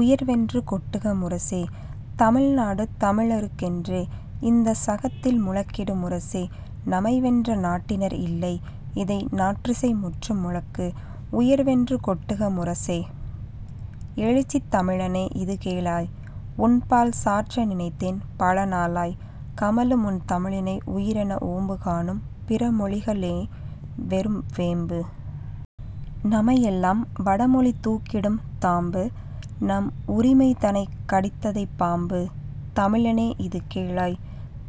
உயர்வென்று கொட்டுக முரசே! தமிழ்நாடு தமிழருக் கென்றே -- இந்தச் சகத்தில் முழக்கிடு முரசே! நமைவென்ற நாட்டினர் இல்லை -- இதை நாற்றிசை முற்றும் முழக்கு! உயர்வென்று கொட்டுக முரசே! எழுச்சி தமிழனே இது கேளாய் -- உன்பால் சாற்ற நினைத்தேன் பல நாளாய்! கமழும் உன் தமிழினை உயிரென ஓம்பு காணும் பிற மொழிக ளோவெறும் வேம்பு! நமையெலாம் வடமொழி தூக்கிடும் தாம்பு நம்உரி மைதனைக் கடித்ததப் பாம்பு! தமிழனே இது கேளாய்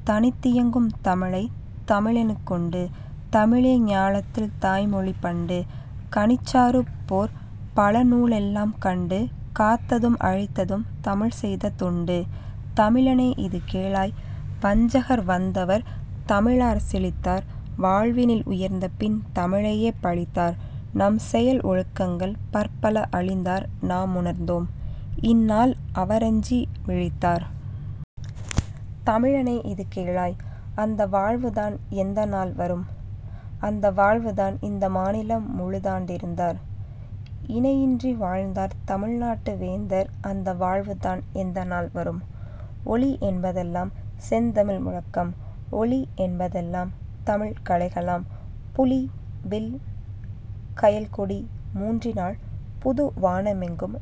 தனித்தியங் கும்தன்மை தமிழினுக் குண்டு; தமிழே ஞாலத்தில் தாய்மொழி பண்டு! கனிச்சாறு போற்பல நூலெலாம் கண்டு காத்ததும் அளித்ததும் தமிழ்செய்த தொண்டு. தமிழனே இது கேளாய் வஞ்சகர் வந்தவர் தமிழாற் செழித்தார் வாழ்வினில் உயர்ந்தபின் தமிழையே பழித்தார் நம்செயல் ஒழுக்கங்கள் பற்பல அழித்தார் நாமுணர்ந்தோம்; இந்நாள் அவரஞ்சி விழித்தார். தமிழனே இது கேளாய் அந்த வாழ்வுதான் எந்தநாள் வரும்? அந்த வாழ்வுதான் இந்த மாநிலம் முழுதாண் டிருந்தார் இணையின்றி வாழ்ந்தார் தமிழ்நாட்டு வேந்தர் அந்த வாழ்வுதான் எந்தநாள் வரும்? ஒலி என்பதெல்லாம் செந்தமிழ் முழக்கம்; ஒளி என்பதெல்லாம் தமிழ்க் கலைகளாம்! புலி, வில், கயல் கொடி மூன்றினால் புது வானமெங்கும்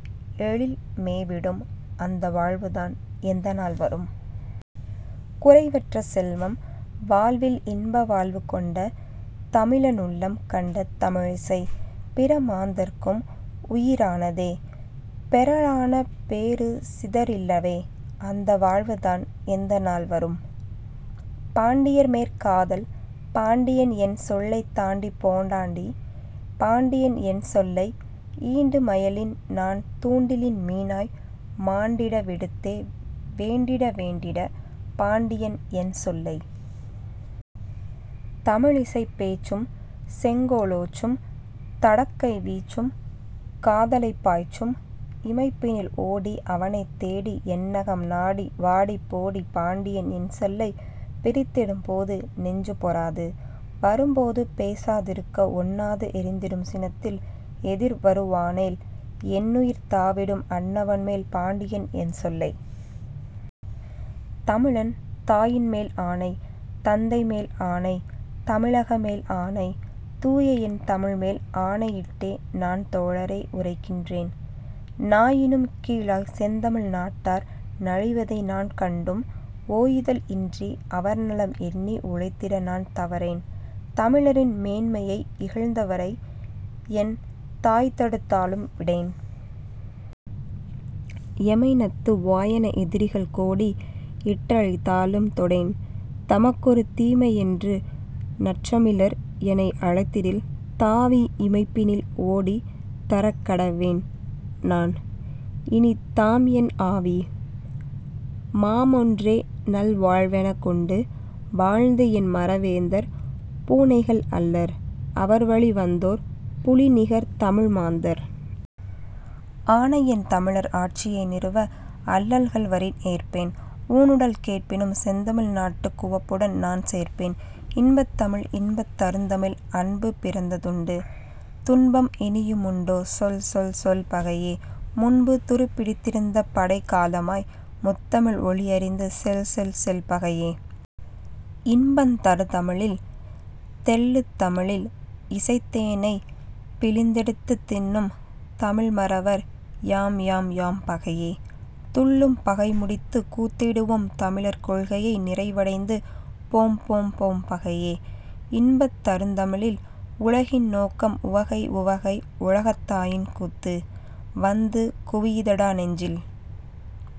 எழில் மேவிடும் அந்த வாழ்வுதான் எந்தநாள் வரும்? குறைவற்ற செல்வம், வாழ்வில் இன்பவாழ்வு கொண்ட தமிழனுள்ளம் கண்ட தமிழிசை. பிற மாந்தர்க்கும் உயி ரானதே பெறலான பேறு சிறி தல்லவே! அந்த வாழ்வுதான் எந்தநாள் வரும்? பாண்டியன்மேற் காதல் பாண்டியன் என் சொல்லைத் தாண்டிப் போனாண்டி, பாண்டியன் என் சொல்லை... ஈண்டு மயலில்நான் தூண்டிலில் மீனாய் மாண்டிட விடுத்தே வேண்டிட வேண்டிட, பாண்டியன் என் சொல்லை... தமிழிசைப் பேச்சும், செங்கோலோச்சும்; தடக்கை வீச்சும், காதலைப் பாய்ச்சும், இமைப்பினில் ஓடி அவனைத் தேடி என்னகம் நாடி வாடிபோடி பாண்டியன் என் சொல்லை... பிரிந்திடும் போது நெஞ்சு பொறாது; வரும்போது பேசா திருக்க ஒண்ணாது எரிந்திடும் சினத்தில் எதிர்வரு வானேல் என்னுயிர் தாவிடும் அன்னவன் மேல் பாண்டியன் என் சொல்லை... தமிழன் தாயின்மேல் ஆணை! தந்தைமேல் ஆணை! தமிழகமேல் ஆணை! தூயஎன் தமிழ்மேல் ஆணையிட்டே நான் தோழரே உரைக்கின்றேன்: நாயினும் கீழாய்ச் செந்தமிழ் நாட்டார் நலிவதை நான் கண்டும், ஓயுதல் இன்றி அவர் நலம் எண்ணி உழைத்திட நான் தவறேன். தமிழரின் மேன்மையை இகழ்ந்தவ னைஎன் தாய்தடுத் தாலும் விடேன்! எமைநத்து வாயென எதிரிகள் கோடி இட்டழைத் தாலும் தொடேன்! "தமக்கொரு தீமை" என்று நற்றமிழர் எனைஅழைத்திடில் தாவி இமைப்பினில் ஓடித் தரக்கடவேன் நான் இனிதாம் என் ஆவி! மானமொன்றே நல் வாழ்வெனக் கொண்டு வாழ்ந்தஎன் மற வேந்தர் பூனைகள் அல்லர்; அவர்வழி வந்தோர் புலிநிகர் தமிழ் மாந்தர்! ஆனஎன் தமிழர் ஆட்சியை நிறுவ அல்லல்கள் வரின் ஏற்பேன்! ஊனுடல் கேட்பினும் செந்தமிழ் நாட்டுக் குவப்புடன் நான் சேர்ப்பேன்! இன்பத் தமிழ் இன்பந் தருந்தமிழில் அன்பு பிறந்ததுண்டு; துன்பம் இனியு முண்டோ சொல் சொல் சொல் பகையே! முன்பு துருப்பிடித்தி ருந்த படைக்கலமாம் முத்தமிழ் ஒளி அறிந்து செல் செல் செல் பகையே! இன்பந் தருந்தமிழில்... தெள்ளு தமிழில்இசைத் தேனைப் பிழிந்தெடுத்துத் தின்னும் தமிழ் மறவர் யாம் யாம் யாம் பகையே! துள்ளும் பகைமுடித்துக் கூத்திடுவோம் தமிழர் கொள்கை நிறைவ டைந்து போம் போம் போம் பகையே! இன்பந் தருந்தமிழில்... உலகின் நோக்கம் உவகை உவகை உலகத்தாயின் கூத்து! -- வந்து குவியுதடா நெஞ்சில்